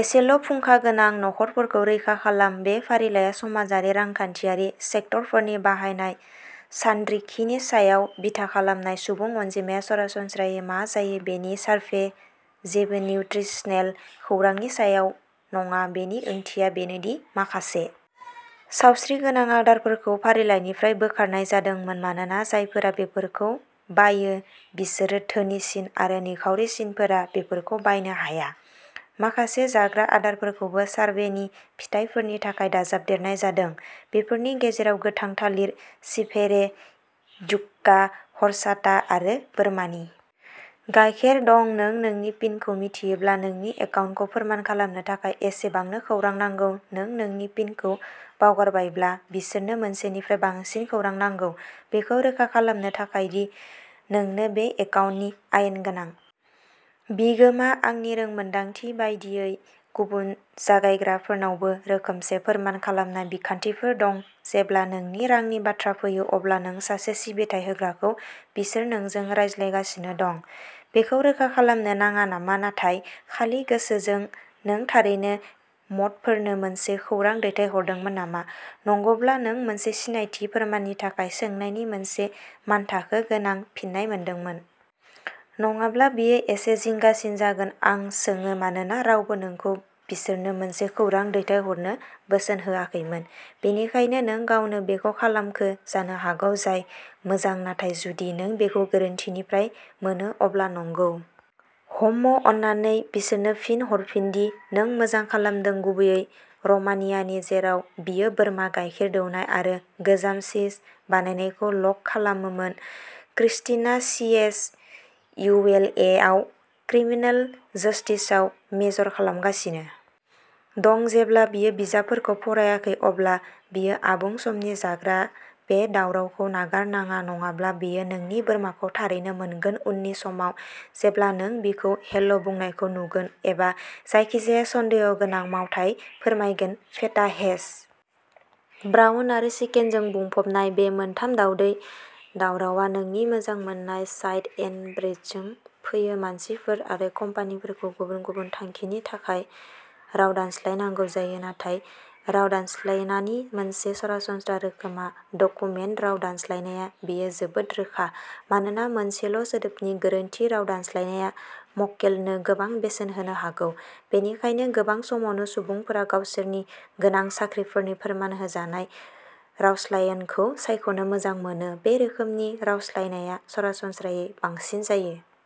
एसेल' फुंखा गोनां नखरफोरखौ रैखा खालाम बे फारिलाइआ समाजारि रांखान्थियारि सेक्टरफोरनि बाहायनाय सानरिखिनि सायाव बिथा खालामनाय सुबुं अनजिमाया सरासनस्रायै मा जायो बेनि सारभे जेबो निउत्रिसनेल खौरांनि सायाव नङा बेनि ओंथिया बेनो दि माखासे सावस्रिगोनां आदारफोरखौ फारिलाइनिफ्राय बोखारनाय जादोंमोन मानोना जायफोरा बेफोरखौ बायो बिसोर धोनिसिन आरो निखावरिसिनफोरा बेफोरखौ बायनो हाया माखासे जाग्रा आदारफोरखौबो सारभेनि फिथायफोरनि थाखाय दाजाबदेरनाय जादों बेफोरनि गेजेराव गोथां थालिर चिभेरे युक्का हरचाटा आरो बोरमानि गायखेर दं नों नोंनि पिनखौ मिथियोब्ला नोंनि एकाउन्टखौ फोरमान खालामनो थाखाय एसेबांनो खौरां नांगौ नों नोंनि पिनखौ बावगारबायब्ला बिसोरनो मोनसेनिफ्राय बांसिन खौरां नांगौ बेखौ रोखा खालामनो थाखाय दि नोंनो बे एकाउन्टनि आयेन गोनां बिगोमा आंनि रोंमोन्दांथि बायदियै गुबुन जगायग्राफोरनावबो रोखोमसे फोरमान खालामनाय बिखान्थिफोर दं जेब्ला नोंनि रांनि बाथ्रा फैयो अब्ला नों सासे सिबिथाइ होग्राखौ बिसोर नोंजों रायज्लायगासिनो दं बेखौ रोखा खालामनो नाङा नामा नाथाय खालि गोसोजों नों थारैनो मडफोरनो मोनसे खौरां दैथायहरदोंमोन नामा नंगौब्ला नों मोनसे सिनायथि फोरमाननि थाखाय सोंनायनि मोनसे मानथाखो गोनां फिननाय मोनदोंमोन। नङाब्ला बेयो एसे जिंगासिन जागोन आं सोङो मानोना रावबो नोंखौ बिसोरनो मोनसे खौरां दैथायहरनो बोसोन होआखैमोन बेनिखायनो नों गावनो बेखौ खालामखो जानो हागौ जाय मोजां नाथाय जुदि नों बेखौ गोरोन्थिनिफ्राय मोनो अब्ला नंगौ हम्म अन्नानै बिसोरनो फिन हरफिन दि नों मोजां खालामदों गुबैयै र'मानियानि जेराव बियो बोरमा गायखेर दौनाय आरो गोजाम चीज बानायनायखौ ल'ग खालामोमोन Christina C S E L A आव क्रिमिनल जस्टिसआव मेजर खालामगासिनो दं जेब्ला बियो बिजाबफोरखौ फरायाखै अब्ला बियो आबुं समनि जाग्रा बे दावरावखौ नागारनाङा नङाब्ला बेयो नोंनि बोरमाखौ थारैनो मोनगोन उननि समाव जेब्ला नों बिखौ हेल'बुंनायखौ नुगोन एबा जायखिजाया सन्देहगोनां मावथाय फोरमायगोन फेटा हेश ब्राउन आरो चिकेनजों बुंफबनाय बे मोनथाम दावदै दावरावआ नोंनि मोजां मोननाय साइड एन्ड ब्रेडजों फैयो मानसिफोर आरो कम्पानिफोरखौ गुबुन गुबुन थांखिनि थाखाय राव दानस्लायनांगौ जायो नाथाय राव दानस्लायनानि मोनसे सरासनस्रा रोखोमआ डकुमेन्ट राव दानस्लायनाया बेयो जोबोद रोखा मानोना मोनसेल'सोदोबनि गोरोन्थि राव दानस्लायनाया मक्केलनो गोबां बेसेन होनो हागौ बेनिखायनो गोबां समावनो सुबुंफोरा गावसोरनि गोनां साख्रिफोरनि फोरमान होजानाय रावस्लायनखौ सायख'नो मोजां मोनो बे रोखोमनि रावस्लायनाया सरासनस्रायै बांसिन जायो।